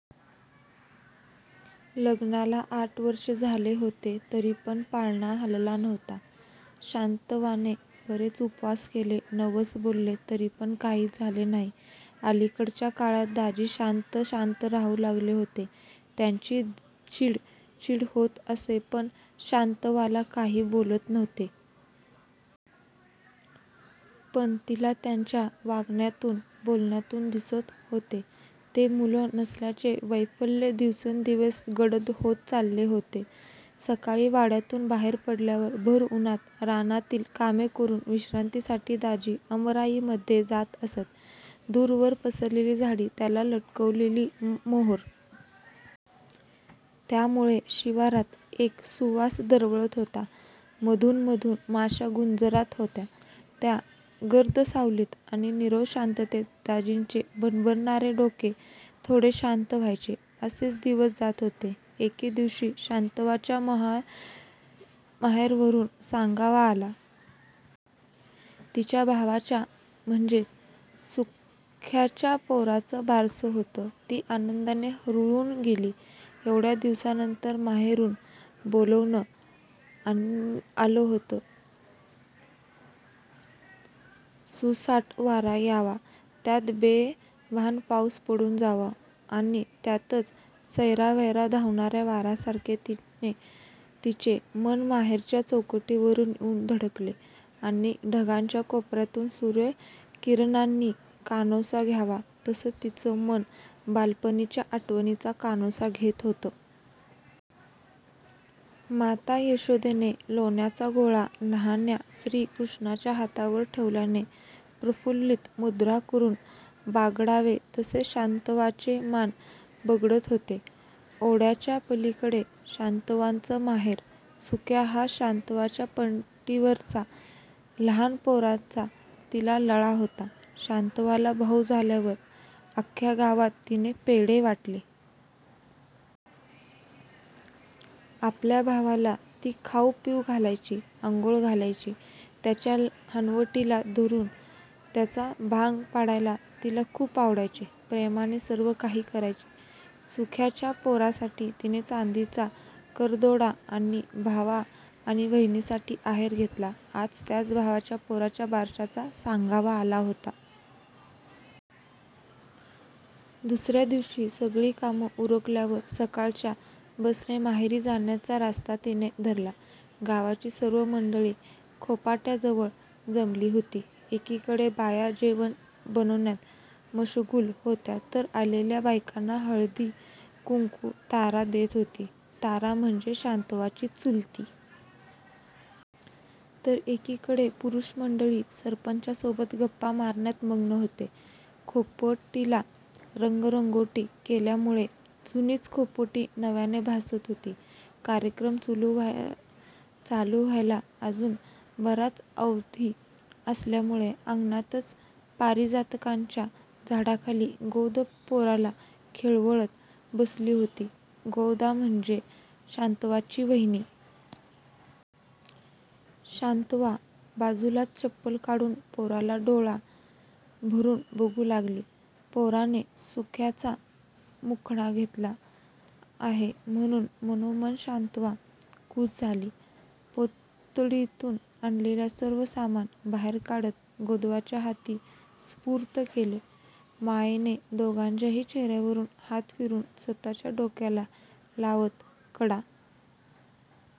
लग्नाला आठ वर्ष झाले होते तरी पण पाळणा हलला नव्हता. शांतव्वाने बरेच उपास केले. नवस बोलले तरी पण काहीच झाले नाही. अलीकडच्या काळात दाजी शांत शांत राहू लागले होते. त्यांची चीड चीड होत असे पण ते शांतव्वाला काही बोलत नव्हते. पण तिला त्यांच्या वागण्यातून बोलण्यातून दिसत होते ते. मुलं नसल्याचं वैफल्य दिवसेंदिवस गडद होत चाले होते. सकाळी वाड्यातून बाहेर पडल्यावर भर उन्हांत रानातील कामे करून विश्रांतीसाठी दाजी आमराई मध्ये जात असत. दूरवर पसरलेली झाडे त्याला लटकलेले मोहर. त्यामुळे शिवारात एक सुवास दरवळत होता. मधून मधून माश्या गुंजारात होत्या. त्या गर्द सावलीत आणि निरव शांततेत दाजींचे भणभणारे डोके थोडे शांत व्हायाचे. असेच दिवस जात होते. एके दिवशी शांतव्वाच्या माहेरवरून सांगावा आला. तिच्या भावाच्या म्हणजेच सुख्याच्या पोराचं बारसं होतं. ती आनंदाने हुरळून गेली. एवढ्या दिवसानंतर माहेरवरून बोलावणं आलं होतं. सुसाट वारा यावा त्यात बेभान पाऊस पडून जावा आणि त्यातच सैरावैरा धावणाऱ्या वासरासारखे तिचे मन माहेरच्या चौकटीवर येऊन धडकले आणि ढगांच्या कोपऱ्यातून सूर्य किरणांनी कानोसा घ्यावा तसं तीच मन बालपणीच्या आठवणींचा कानोसा घेत होतं. माता यशोदेने लोण्याचा गोळा लहान्या श्री कृष्णाच्या हातावर ठेवल्याने प्रफुल्लीत मुद्रा करून बागडावे तसे शांतव्वाचे मन बागडत होते. ओढ्याच्या पलीकडे शांतव्वाचं माहेर. सुख्या हा शांतव्वाच्या पाठीवरचा. लहान पोरांचा तिला लळा होता. शांतव्वाला भाऊ झाल्यावर अख्या गावात तिने पेढे वाटले. आपल्या भावाला ती खाऊ पिऊ घालायची, अंघोळ घालायची. त्याच्या हनुवटीला धरून त्याचा भांग पाडायला तिला खूप आवडायचे. प्रेमाने सर्व काही करायची. सुख्याच्या पोरासाठी तिने चांदीचा करदोडा आणि भावा आणि वहिनींसाठी आहेर घेतला. आज त्याच भावाच्या पोराच्या बारशाचा सांगावा आला होता. दुसऱ्या दिवशी सगळी कामं उरकल्यावर सकाळच्या बसने माहेरी जाण्याचा रास्ता तिने धरला. गावाची सर्व मंडळी खोपट्याजवळ जमली होती. एकीकडे बाया जेवण बनवण्यात मश्गुल होत्या तर आलेल्या बायकांना हळदी कुंकू तारा देत होती. तारा म्हणजे शांतव्वाची चुलती. तर एकीकडे पुरुष मंडळी सरपंचासोबत गप्पा मारण्यात मग्न होते. खोपटीला रंगरंगोटी केल्यामुळे जुनीच खोपटी नव्याने भासत होती. कार्यक्रम चालू व्हायाला अजून बराच अवधी असल्यामुळे अंगणांतच पारिजातकाच्या झाडाखाली गोदा पोराला खेळवत बसली होती. गोदा म्हणजेच शांतव्वाची वाहिनी. शांतव्वा बाजूलाच चपल काढून पोराला डोळं भरून बघू लागली. पोराने सुख्याचा मुखडा घेतला आहे म्हणून मनोमन शांतव्वा खुश झाली. पोतडीतून आणलेलं सर्व सामान बाहेर काढत गोदाच्या हाती सुपूर्त केले. मायेने दोघांच्याही चेहऱ्यावरून हात फिरवून स्वतःच्या डोक्याला लावत कडा